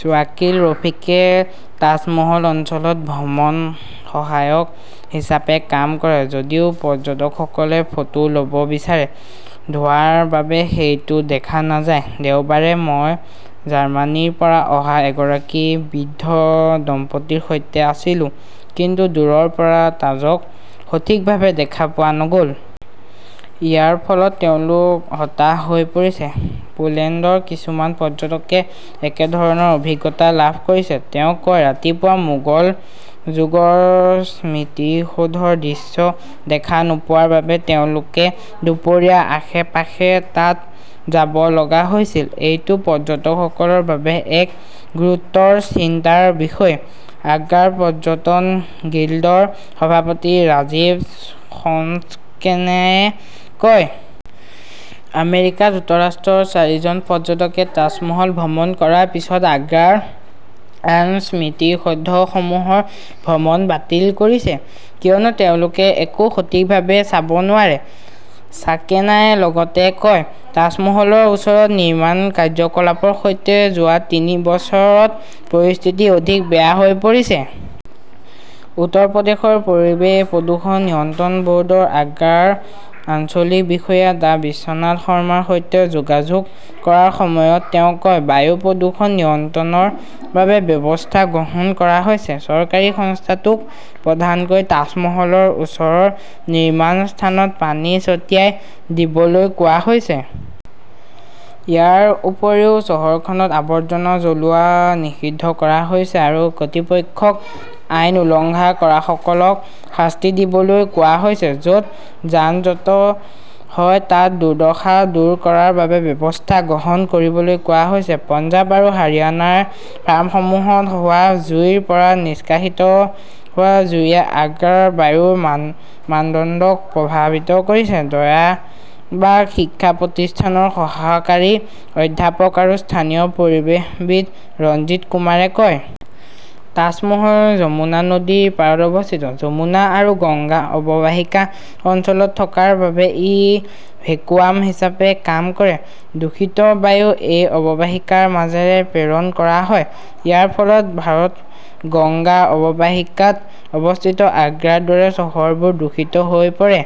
শ্বাকিল ৰফীকে তাজমহল অঞ্চলত ভ্ৰমণ সহায়ক হিচাপে কাম কৰে। যদিও পৰ্যটকসকলে ফটো ল'ব বিচাৰে, ধোঁৱাৰ বাবে সেইটো দেখা নাযায়। দেওবাৰে, মই জাৰ্মানীৰ পৰা অহা এগৰাকী বৃদ্ধ দম্পতীৰ সৈতে আছিলো। কিন্তু দূৰৰ পৰা তাজক সঠিকভাৱে দেখা পোৱা নগ'ল। ইয়াৰ ফলত তেওঁলোক হতাশ হৈ পৰিছে। পোলেণ্ডৰ কিছুমান পৰ্যটকে একেধৰণৰ অভিজ্ঞতা লাভ কৰিছে। তেওঁ কয়, ৰাতিপুৱা মোগল যুগৰ স্মৃতিসৌধৰ দৃশ্য দেখা নোপোৱাৰ বাবে তেওঁলোকে দুপৰীয়াৰ আশে-পাশে তাত যাব লগা হৈছিল। এইটো পৰ্যটকসকলৰ বাবে এক গুৰুতৰ চিন্তাৰ বিষয়, আগ্ৰাৰ পৰ্যটন গিল্ডৰ সভাপতি ৰাজীৱ সক্সেনায়ে কয়। আমেৰিকা যুক্তৰাষ্ট্ৰৰ চাৰিজন পৰ্যটকে তাজমহল ভ্ৰমণ কৰাৰ পিছত আগ্ৰাৰ আন স্মৃতিসৌধসমূহৰ ভ্ৰমণ বাতিল কৰিছে। কিয়নো তেওঁলোকে একো সঠিকভাৱে চাব নোৱাৰে। ছাকেনাই লগতে কয়, তাজমহলৰ ওচৰত নিৰ্মাণ কাৰ্যকলাপৰ সৈতে যোৱা তিনি বছৰত পৰিস্থিতি অধিক বেয়া হৈ পৰিছে। উত্তৰ প্ৰদেশৰ পৰিৱেশ প্ৰদূষণ নিয়ন্ত্ৰণ বৰ্ডৰ আগ্ৰাৰ আঞ্চলিক বিষয়া ডাঃ বিশ্বনাথ শৰ্মাৰ সৈতে যোগাযোগ কৰাৰ সময়ত তেওঁ কয়, বায়ু প্ৰদূষণ নিয়ন্ত্ৰণৰ বাবে ব্যৱস্থা গ্ৰহণ কৰা হৈছে। চৰকাৰী সংস্থাটোক প্ৰধানকৈ তাজমহলৰ ওচৰৰ নিৰ্মাণ স্থানত পানী ছটিয়াই দিবলৈ কোৱা হৈছে। ইয়াৰ উপৰিও, চহৰখনত আৱৰ্জনা জ্বলোৱা নিষিদ্ধ কৰা হৈছে আৰু কৰ্তৃপক্ষক আইন উলংঘা কৰাসকলক শাস্তি দিবলৈ কোৱা হৈছে। য'ত যান-জঁট হয় তাত দুৰ্দশা দূৰ কৰাৰ বাবে ব্যৱস্থা গ্ৰহণ কৰিবলৈ কোৱা হৈছে। পঞ্জাৱ আৰু হাৰিয়ানাৰ ফাৰ্মসমূহত হোৱা জুইৰ পৰা নিষ্কাশিত হোৱা জুইয়ে আগ্ৰাৰ বায়ুৰ মানদণ্ডক প্ৰভাৱিত কৰিছে, দয়ালবাগ শিক্ষা প্ৰতিষ্ঠানৰ সহকাৰী অধ্যাপক আৰু স্থানীয় পৰিৱেশবিদ ৰঞ্জিত কুমাৰে কয়। তাজমহল যমুনা নদীৰ পাৰত অৱস্থিত। যমুনা আৰু গংগা অৱবাহিকা অঞ্চলত থকাৰ বাবে ই ভেকুৱাম হিচাপে কাম কৰে। দূষিত বায়ু এই অৱবাহিকাৰ মাজেৰে প্ৰেৰণ কৰা হয়। ইয়াৰ ফলত ভাৰত-গংগা অৱবাহিকাত অৱস্থিত আগ্ৰাৰ দৰে চহৰবোৰ দূষিত হৈ পৰে।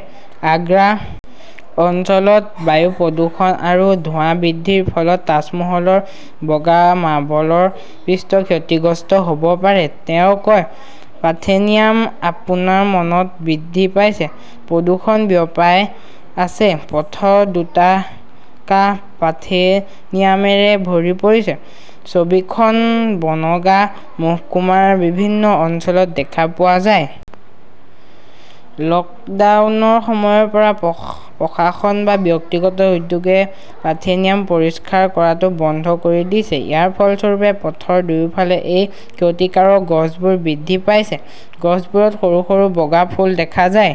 আগ্ৰা অঞ্চলত বায়ু প্ৰদূষণ আৰু ধোঁৱা বৃদ্ধিৰ ফলত তাজমহলৰ বগা মাৰ্বলৰ পৃষ্ঠ ক্ষতিগ্ৰস্ত হ'ব পাৰে, তেওঁ কয়, পাৰ্থেনিয়াম আপোনাৰ মনত বৃদ্ধি পাইছে, প্ৰদূষণ বিয়পাই আছে পথৰ দুটা কাষ পাৰ্থেনিয়ামেৰে ভৰি পৰিছে। ছবিখন বনগাঁ মহকুমাৰ বিভিন্ন অঞ্চলত দেখা পোৱা যায়। লকডাউনৰ সময়ৰ পৰা প্ৰশাসন বা ব্যক্তিগত উদ্যোগই পাৰ্থেনিয়াম পৰিষ্কাৰ কৰাটো বন্ধ কৰি দিছে। ইয়াৰ ফলস্বৰূপে, পথৰ দুয়োফালে এই ক্ষতিকাৰক গছবোৰ বৃদ্ধি পাইছে। গছবোৰত সৰু-সৰু বগা ফুল দেখা যায়।